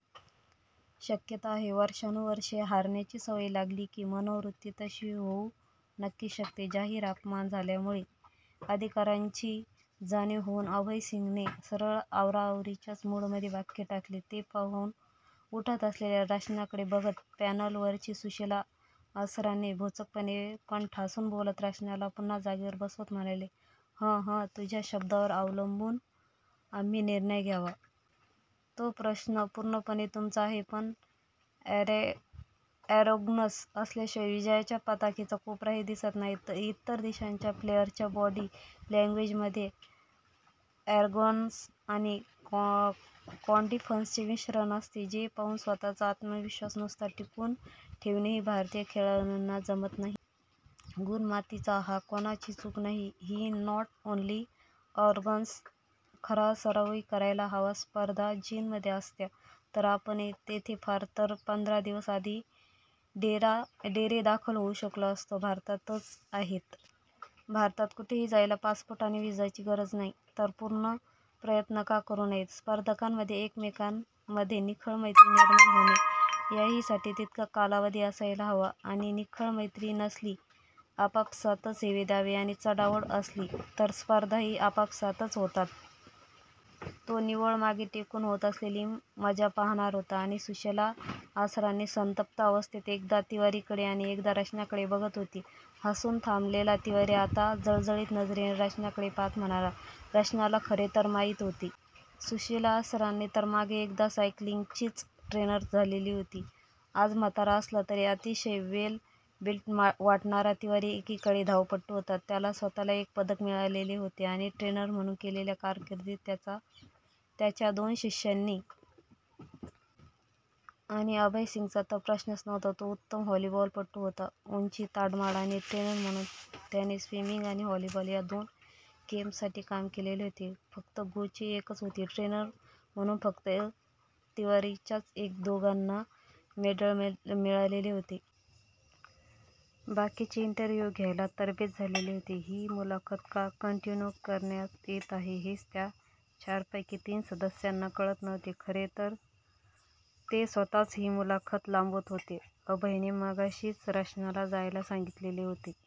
शक्यता आहे, वर्षानुवर्षे हारण्याची सवय लागली की मनोवृत्ती तशी होऊ नक्कीच शकते. " जाहीर अपमान झाल्यामुळे अधिकारांची जाणीव होऊन अभय सिंगने सरळ आवराआवरीच्याच मूडमध्ये वाक्य टाकले. ते पाहून उठत असलेल्या रचनाकडे बघत पॅनेलवरची सुशिला असरानी भोचकपणे पण ठासून बोलत रचनाला पुन्हा जागेवर बसवत म्हणाली, "हं-हं तुझ्या शब्दावर अवलंबून आम्ही निर्णय घ्यावा? " "तो प्रश्न पूर्णपणे तुमचा आहे. पण अॅरोगन्स असल्याशिवाय विजयाच्या पताकेचा कोपराही दिसत नाही. इतर देशांच्या प्लेयर्सच्या बॉडी लॅन्ग्वेजमध्ये अॅरोगन्स आणि कॉन्फिडन्सचे मिश्रण असते. जे पाहून स्वतःचा आत्मविश्वास नुसता टिकवून ठेवणेही भारतीय खेळाडूंना जमत नाही. गुण मातीचा आहे हा, कोणाची चूक नाही ही. " "नॉट, ओन्ली अॅरोगन्स खरा सरावही करायला हवा स्पर्धा चीनमध्ये असत्या तर आपण तेथे फार तर पंधरा दिवस आधी डेरेदाखल होऊ शकलो असतो. भारतातच आहेत. भारतात कुठेही जायला पासपोर्ट आणि व्हिसाची गरजच नाही, तर पूर्ण प्रयत्न का करू नयेत? स्पर्धकांमध्ये एकमेकांमध्ये निखळ मैत्री निर्माण होणे याहीसाठी तितका कालावधी असायला हवा, आणि निखळ मैत्री नसली. आपापसातच हेवेदावे आणि चढाओढ असली तरस्पर्धाही आपापसातच होतात. तो निव्वळ मागे टेकून होत असलेली मजा पाहणार होता... आणि सुशिला असरानी संतप्त अवस्थेत एकदा तिवारीकडे आणि एकदा रचनाकडे बघत होती. हसून थांबलेला तिवारी आता जळजळीत नजरेने रचनाकडे पाहात म्हणाला. रचनाला खरे तर माहीत होते. सुशिला असरानी तर मागे एकदा सायकलिंगचीच ट्रेनर झालेली होती. आज म्हातारा असला तरी अतिशय वेल बिल्ट वाटणारा तिवारी एकेकाळी धावपटू होता. त्याला स्वतःला एक पदक मिळालेले होते आणि ट्रेनर म्हणून केलेल्या कारकीर्दीत त्याच्या दोन शिष्यांनाही. आणि अभय सिंगचा तर प्रश्नच नव्हता. तो उत्तम व्हॉलीबॉलपटू होता. उंची ताडमाड, आणि ट्रेनर म्हणून त्याने स्विमिंग आणि व्हॉलीबॉल या दोन गेम्ससाठी काम केलेले होते... फक्त गोची एकच होती. ट्रेनर म्हणून फक्त तिवारीच्याच एक दोघांना मेडल मिळालेले होते. बाकीचे इन्टरव्ह्यू घ्यायला तरबेज झालेले होते. ही मुलाखत का कन्टिन्यू करण्यात येत आहे हेच त्या चारपैकी तीन सदस्यांना कळत नव्हते, खरे तर ते स्वतःच ही मुलाखत लांबवत होते. अभयने मगाशीच रचनाला जायला सांगितलेले होते.